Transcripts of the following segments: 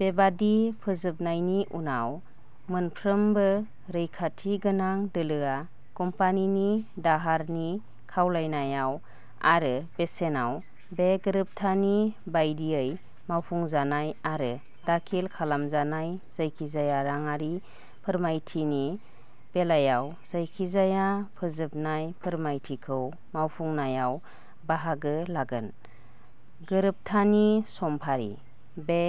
बेबादि फोजोबनायनि उनाव, मोनफ्रोमबो रैखाथि गोनां दोलोआ, कम्पानिनि दाहारनि खावलायनायाव आरो बेसेनाव, बे गोरोबथानि बायदियै मावफुंजानाय आरो दाखिल खालामजानाय जायखिजाया राङारि फोरमायथिनि बेलायाव जायखिजाया फोजोबनाय फोरमायथिखौ मावफुंनायाव बाहागो लागोन। गोरोबथानि समफारि। बे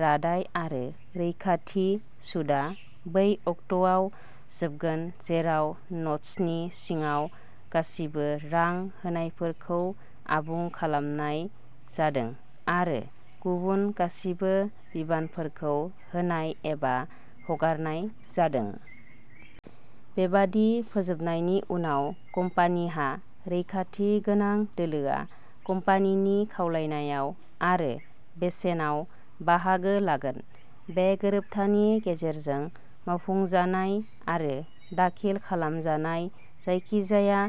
रादाय आरो रैखाथि सुदआ बै अक्ट'आव जोबगोन जेराव नटसनि सिङाव गासिबो रां होनायफोरखौ आबुं खालामनाय जादों आरो गुबुन गासिबो बिबानफोरखौ होनाय एबा हगारनाय जादों। बेबादि फोजोबनायनि उनाव, कम्पानिहा रैखाथि गोनां दोलोआ, कम्पानिनि खावलायनायाव आरो बेसेनाव, बाहागो लागोन। बे गोरोबथानि गेजेरजों मावफुंजानाय आरो दाखिल खालामजानाय जायखिजाया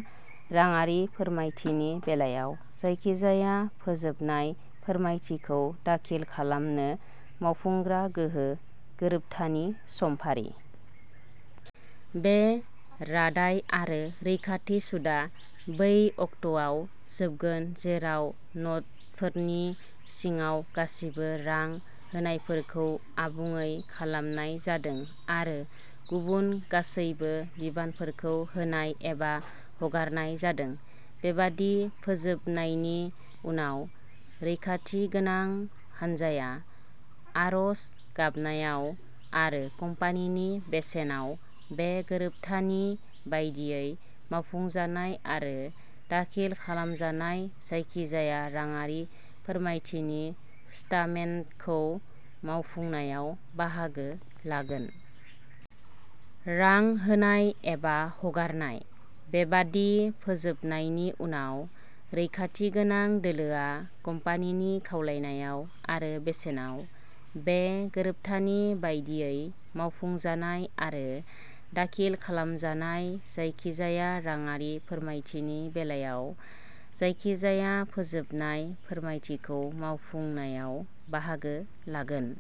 राङारि फोरमायथिनि बेलायाव जायखिजाया फोजोबनाय फोरमायथिखौ दाखिल खालामनो मावफुंग्रा गोहो। गोरोबथानि समफारि। बे रादाय आरो रैखाथि सुदआ बै अक्ट'आव जोबगोन जेराव नटफोरनि सिङाव गासिबो रां होनायफोरखौ आबुङै खालामनाय जादों आरो गुबुन गासैबो बिबानफोरखौ होनाय एबा हगारनाय जादों। बेबादि फोजोबनायनि उनाव, रैखाथि गोनां हानजाया, आर'ज गाबनायाव आरो कम्पानिनि बेसेनाव, बे गोरोबथानि बायदियै मावफुंजानाय आरो दाखिल खालामजानाय जायखिजाया राङारि फोरमायथिनि स्टामेन्टखौ मावफुंनायाव बाहागो लागोन। रां होनाय एबा हगारनाय। बेबादि फोजोबनायनि उनाव, रैखाथि गोनां दोलोआ, कम्पानिनि खावलायनायाव आरो बेसेनाव, बे गोरोबथानि बायदियै मावफुंजानाय आरो दाखिल खालामजानाय जायखिजाया राङारि फोरमायथिनि बेलायाव जायखिजाया फोजोबनाय फोरमायथिखौ मावफुंनायाव बाहागो लागोन।